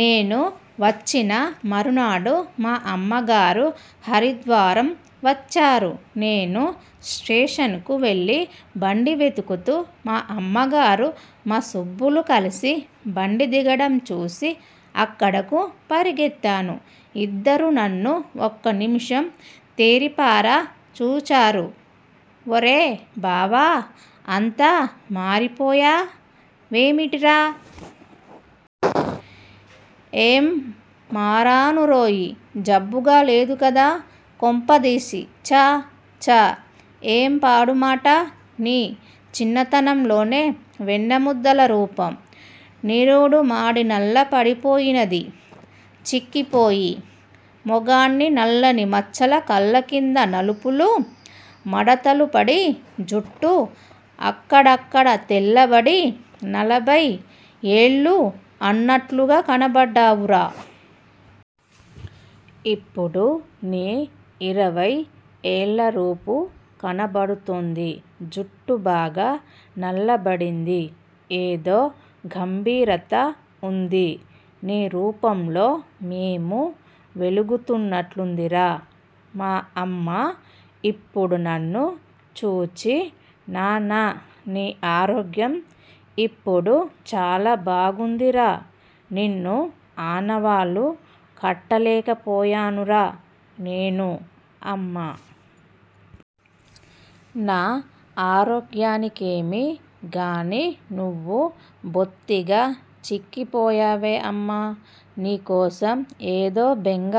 నేను వచ్చిన మరునాడు మా అమ్మగారు హరిద్వారం వచ్చారు. నేను స్టేషనుకు వెళ్ళి, బండి వెతుకుతూ, మా అమ్మగారూ, మా సుబ్బులూ కలసి బండి దిగడం చూచి అక్కడకు పరుగెత్తాను. ఇద్దరూ నన్ను ఒక్క నిమిషం తేరిపార చూచారు! '' ఒరే బావా! అంత మారిపోయా వేమిటిరా? '''' ఏం మరానురోయి! జబ్బుగా లేదుకదా, కొంపదీసి! '''' ఛా! ఛా! ఏం పాడుమాట. నీ చిన్నతనంలోని వెన్న ముద్దలరూపం నిరుడు మాడి నల్ల పడిపోయినది. చిక్కిపోయి, మొగాన్ని నల్లని మచ్చలు, కళ్ళ కింద నలుపులు, ముడతలుపడి, జుట్టు అక్కడక్కడ తెల్లబడి, నలభై ఏళ్ళా అన్నట్టుగా కనబడ్డావురా! ఇప్పుడు నీ ఇరవై ఏళ్ళరూపూ కనబడుతోంది. జుట్టు బాగా నల్లబడింది. ఏదో గంభీరత ఉంది నీ రూపుల్లో మోము వెలుగుతున్నట్లుందిరా! '' మా అమ్మ, అప్పుడు నన్ను చూచి, ''నాన్న! నీ ఆరోగ్యం ఇప్పుడు చాలా బాగుందిరా! నిన్ను ఆనవాలు కట్టలేకపోయానురా! '' నేను: అమ్మా! నా ఆరోగ్యానికేమీగాని, నువ్వు బొత్తిగా చిక్కిపోయావే! అమ్మ: నీకోసం ఏదో బెంగ.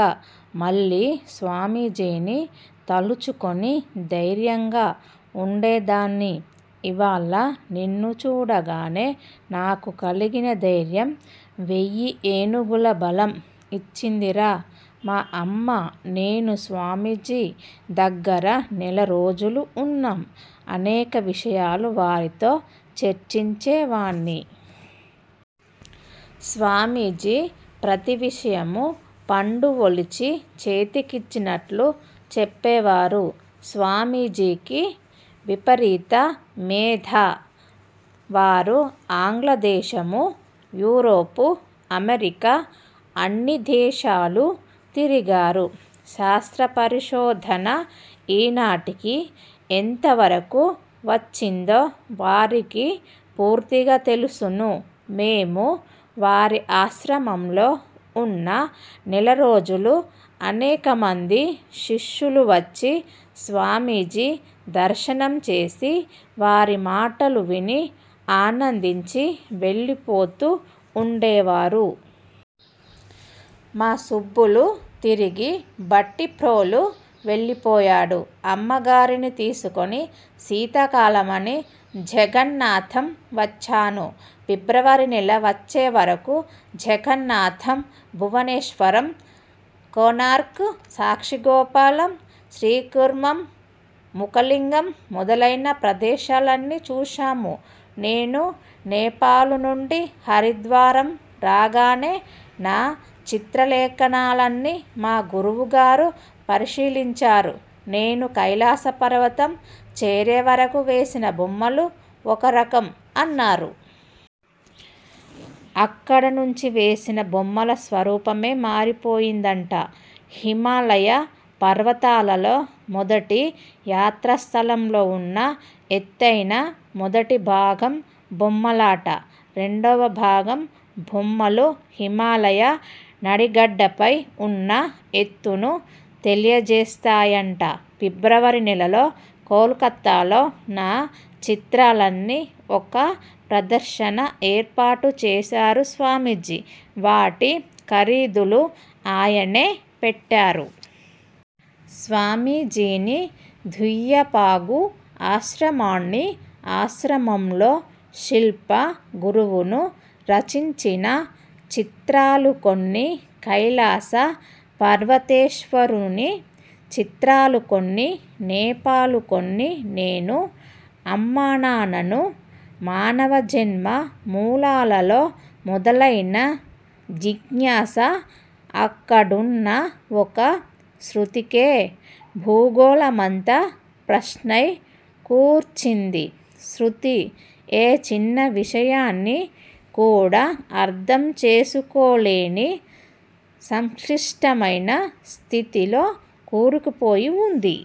మళ్ళీ స్వామీజీని తలుచుకొని ధైర్యంగా ఉండేదాన్ని. ఈవాళ నిన్ను చూడగానే నాకు కలిగిన ధైర్యం వేయి ఏనుగుల బలం ఇచ్చిందిరా! మా అమ్మా, నేనూ స్వామీజీ దగ్గర నెలరోజులు వున్నాం. అనేక విషయాలు వారితో చర్చించేవాణ్ణి. స్వామీజీ ప్రతి విషయమూ పండు ఒలిచి చేతికిచ్చినట్లు చెప్పేవారు. స్వామీజీకి విపరీత మేధ. వారు ఆంగ్లదేశము, యూరోపు, అమెరికా అన్ని దేశాలు తిరిగారు. శాస్త్రపరిశోధన ఈనాటికి ఎంతవరకు వచ్చిందో వారికి పూర్తిగా తెలుసును. మేము వారి ఆశ్రమంలో ఉన్న నెలరోజులూ అనేకమంది శిష్యులువచ్చి స్వామీజీ దర్శనం చేసి వారి మాటలు విని ఆనందించి వెళ్ళిపోతూ వుండేవారు. మా సుబ్బులు తిరిగి భట్టిప్రోలు వెళ్ళిపోయాడు. మా అమ్మగారిని తీసుకొని శీతాకాలమని జగన్నాథం వచ్చాను. ఫిబ్రవరి నెల వచ్చేవరకు జగన్నాథం, భువనేశ్వరం, కోణార్కం, సాక్షిగోపాలం, శ్రీకూర్మం, ముఖలింగం మొదలైన ప్రదేశాలన్నీ చుచాము. నేను నేపాలునుండి హరిద్వారం రాగానే నా చిత్రలేఖనాలన్నీ మా గురువుగారు పరిశీలించారు. నేను కైలాస పర్వతం చేరేవరకూ వేసిన బొమ్మలు ఒక రకం అన్నారు. అక్కడనుంచి వేసిన బొమ్మల స్వరూపమే మారిపోయిందట. హిమాలయ పర్వతాలలో మొదటి యాత్రాస్థలాల్లో ఉన్న ఎత్తేనా మొదటిభాగం బొమ్మలట. రెండవభాగం బొమ్మలు, హిమాలయం నడిగడ్డపై ఉన్న ఎత్తును తెలియజేస్తాయట. ఫిబ్రవరి నెలలో కలకత్తాలో నా చిత్రాలన్నీ ఒక ప్రదర్శనం ఏర్పాటు చేశారు స్వామీజీ. వాటి ఖరీదులు ఆయనే పెట్టారు. స్వామీజీని, ద్యూపాంగు ఆశ్రమాన్ని, ఆశ్రమంలో శిల్ప గురువును రచించిన చిత్రాలు కొన్ని, కైలాస పర్వతేశ్వరుని చిత్రాలు కొన్ని, నేపాలు కొన్ని నేను అమ్మనన్నాను. మానవజన్మ మూలల్లో మొదలైన జిజ్ఞాస అక్కడున్న ఒక్క శృతికే భూగోళమంతా ప్రశ్నై కూర్చుంది. శృతి ఏ చిన్న విషయాన్ని కూడా అర్థం చేసుకోలేని సంక్లిష్టమైన స్థితిలో కూరుకుపోయి వుంది.